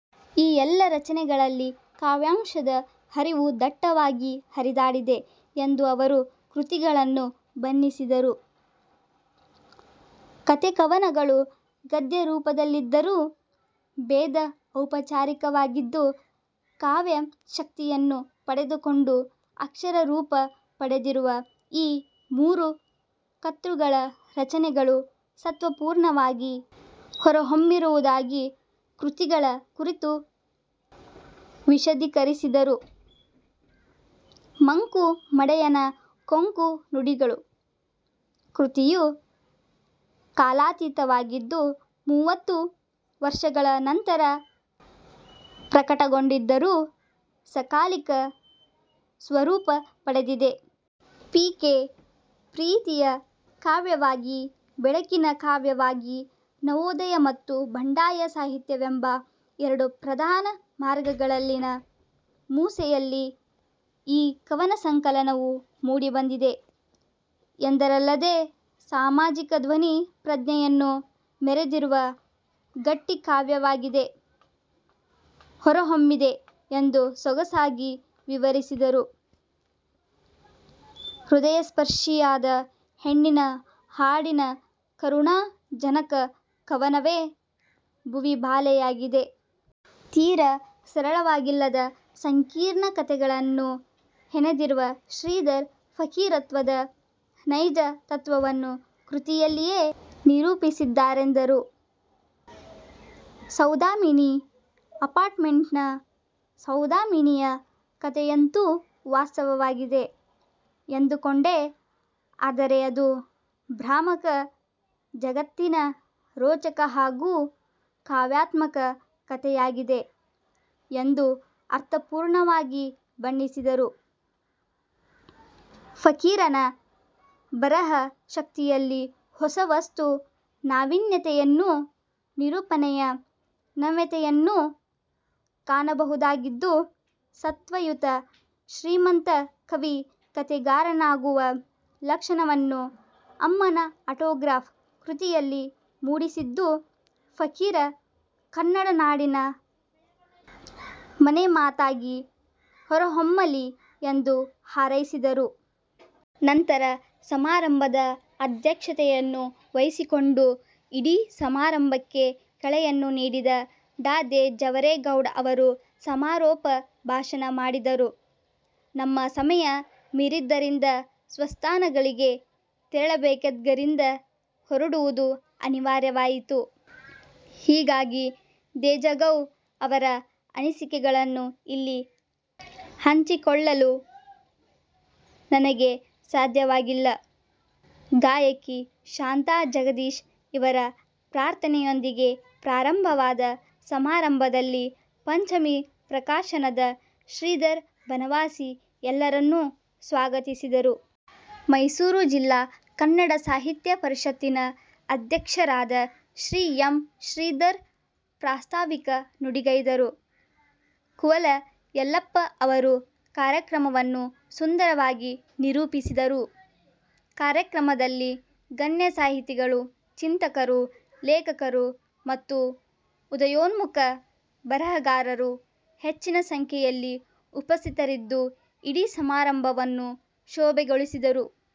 ಈ ಎಲ್ಲ ರಚನೆಗಳಲ್ಲಿ ಕಾವ್ಯಾಂಶದ ಹರಿವು ದಟ್ಟವಾಗಿ ಹರಿದಾಡಿದೆ ಎಂದು ಅವರು ಕೃತಿಗಳನ್ನು ಬಣ್ಣಿಸಿದರು. ಕಥೆ ಕವನಗಳು ಗದ್ಯರೂಪದಲ್ಲಿದ್ದರೂ ಭೇದ ಔಪಚಾರಿಕವಾಗಿದ್ದು ಕಾವ್ಯಶಕ್ತಿಯನ್ನು ಪಡೆದುಕೊಂಡು ಅಕ್ಷರ ರೂಪ ಪಡೆದಿರುವ ಈ ಮೂರು ಕತೃಗಳ ರಚನೆಗಳು ಸತ್ವಪೂರ್ಣವಾಗಿ ಹೊರಹೊಮ್ಮಿರುವುದಾಗಿ ಕೃತಿಗಳ ಕುರಿತು ವಿಷಧೀಕರಿಸಿದರು. 'ಮಂಕು ಮಡೆಯನ ಕೊಂಕು ನುಡಿಗಳು' ಕೃತಿಯು ಕಾಲಾತೀತವಾಗಿದ್ದು ಮುವತ್ತು ವರ್ಷಗಳ ನಂತರ ಪ್ರಕಟಗೊಂಢಿದ್ದರೂ ಸಕಾಲಿಕ ಸ್ವರೂಪ ಪಡೆದಿದೆ. ಪಿ. ಕೆ, ಪ್ರೀತಿಯ ಕಾವ್ಯವಾಗಿ, ಬೆಳಕಿನ ಕಾವ್ಯವಾಗಿ ನವೋದಯ ಮತ್ತು ಬಂಡಾಯ ಸಾಹಿತ್ಯವೆಂಬ ಎರಡು ಪ್ರಧಾನ ಮಾರ್ಗಗಳಲ್ಲಿನ ಮೂಸೆಯಲ್ಲಿ ಈ ಕವನ ಸಂಕಲನವು ಮೂಡಿಬಂದಿದೆ ಎಂದರಲ್ಲದೇ ಸಾಮಾಜಿಕ ಧ್ವನಿ ಪ್ರಜ್ಞೆಯನ್ನು ಮೆರೆದಿರುವ ಗಟ್ಟಿಕಾವ್ಯವಾಗಿದೆ ಹೊರಹೊಮ್ಮಿದೆ ಎಂದು ಸೊಗಸಾಗಿ ವಿವರಿಸಿದರು. ಹೃದಯಸ್ಪರ್ಷಿಯಾದ ಹೆಣ್ಣಿನ ಹಾಡಿನ ಕರುಣಾ ಜನಕ ಕವನವೇ ಭುವಿಬಾಲೆಯಾಗಿದೆ. ತೀರ ಸರಳವಾಗಿಲ್ಲದ ಸಂಕೀರ್ಣ ಕಥೆಗಳನ್ನು ಹೆಣೆದಿರುವ ಶ್ರೀಧರ್ 'ಫಕೀರತ್ವ"ದ ನೈಜ ತತ್ವವನ್ನು ಕೃತಿಯಲ್ಲಿಯೇ ನಿರೂಪಿಸಿದ್ದಾರೆಂದರು. ಸೌಧಾಮಿನಿ ಅಪಾರ್ಟಮೆಂಟ್ ನ'ಸೌಧಾಮಿನಿಯ ಕಥೆಯಂತೂ ವಾಸ್ತವವಾಗಿದೆ ಎಂದುಕೊಂಡೆ, ಆದರೆ ಅದು ಭ್ರಾಮಕ ಜಗತ್ತಿನ ರೋಚಕ ಹಾಗೂ ಕಾವ್ಯಾತ್ಮಕ ಕಥೆಯಾಗಿದೆ' ಎಂದು ಅರ್ಥಪೂರ್ಣವಾಗಿ ಬಣ್ಣಿಸಿದರು. ಫಕೀರನ ಬರಹ ಶಕ್ತಿಯಲ್ಲಿ ಹೊಸ ವಸ್ತು ನಾವಿನ್ಯತೆಯನ್ನೂ ನಿರೂಪಣೆಯ ನವ್ಯತೆಯನ್ನೂ ಕಾಣಬಹುದಾಗಿದ್ದು ಸತ್ವಯುತ ಶ್ರೀಮಂತ ಕವಿ ಕಥೆಗಾರನಾಗುವ ಲಕ್ಷಣವನ್ನು "ಅಮ್ಮನ ಆಟೋಗ್ರಾಫ್" ಕೃತಿಯಲ್ಲಿ ಮೂಡಿಸಿದ್ದು ಫಕೀರ ಕನ್ನಡ ನಾಡಿನ ಮನೆಮಾತಾಗಿ ಹೊರಹೊಮ್ಮಲಿ ಎಂದು ಹಾರೈಸಿದರು. ನಂತರ ಸಮಾರಂಭದ ಅಧ್ಯಕ್ಷತೆಯನ್ನು ವಹಿಸಿಕೊಂಡು ಇಡೀ ಸಮಾರಂಭಕ್ಕೆ ಕಳೆಯನ್ನು ನೀಡಿದ ಡಾ ದೇ. ಜವರೇ ಗೌಡ ಅವರು ಸಮಾರೋಪ ಭಾಷಣ ಮಾಡಿದರು. ನಮ್ಮ ಸಮಯ ಮೀರಿದ್ದರಿಂದ ಸ್ವಸ್ಥಾನಗಳಿಗೆ ತೆರಳಬೇಕಿದ್ಗರಿಂದ ಹೊರಡುವುದು ಅನಿವಾರ್ಯವಾಯಿತು. ಹೀಗಾಗಿ ದೇಜಗೌ ಅವರ ಅನಿಸಿಕೆಗಳನ್ನು ಇಲ್ಲಿ ಹಂಚಿಕೊಳ್ಲಲು ನನಗೆ ಸಾಧ್ಯವಾಗಿಲ್ಲ. ಗಾಯಕಿ ಶಾಂತಾ ಜಗದೀಶ್ ಇವರ ಪ್ರಾರ್ಥನೆಯೊಂದಿಗೆ ಪ್ರಾರಂಭವಾದ ಸಮಾರಂಭದಲ್ಲಿ ಪಂಚಮಿ ಪ್ರಕಾಶನದ ಶ್ರೀಧರ್ ಬನವಾಸಿ ಎಲ್ಲರನ್ನೂ ಸ್ವಾಗತಿಸಿದರು. ಮೈಸೂರು ಜಿಲ್ಲಾ ಕನ್ನಡ ಸಾಹಿತ್ಯ ಪರಿಷತ್ತಿನ ಅಧ್ಯಕ್ಷರಾದ ಶ್ರೀ ಎಮ್ ಶ್ರೀಧರ್ ಪ್ರಾಸ್ತಾವಿಕ ನುಡಿಗೈದರು. ಕುವಲ ಯಲ್ಲಪ್ಪ ಅವರು ಕಾರ್ಯಕ್ರಮವನ್ನು ಸುಂದರವಾಗಿ ನಿರೂಪಿಸಿದರು. ಕಾರ್ಯಕ್ರಮದಲ್ಲಿ ಗಣ್ಯ ಸಾಹಿತಿಗಳು, ಚಿಂತಕರು, ಲೇಖಕರು ಮತ್ತು ಉದಯೋನ್ಮುಖ ಬರಹಗಾರರು ಹೆಚ್ಚಿನ ಸಂಖ್ಯೆಯಲ್ಲಿ ಉಪಸ್ಥಿತರಿದ್ದು ಇಡೀ ಸಮಾರಂಭವನ್ನು ಶೋಭೆಗೊಳಿಸಿದರು.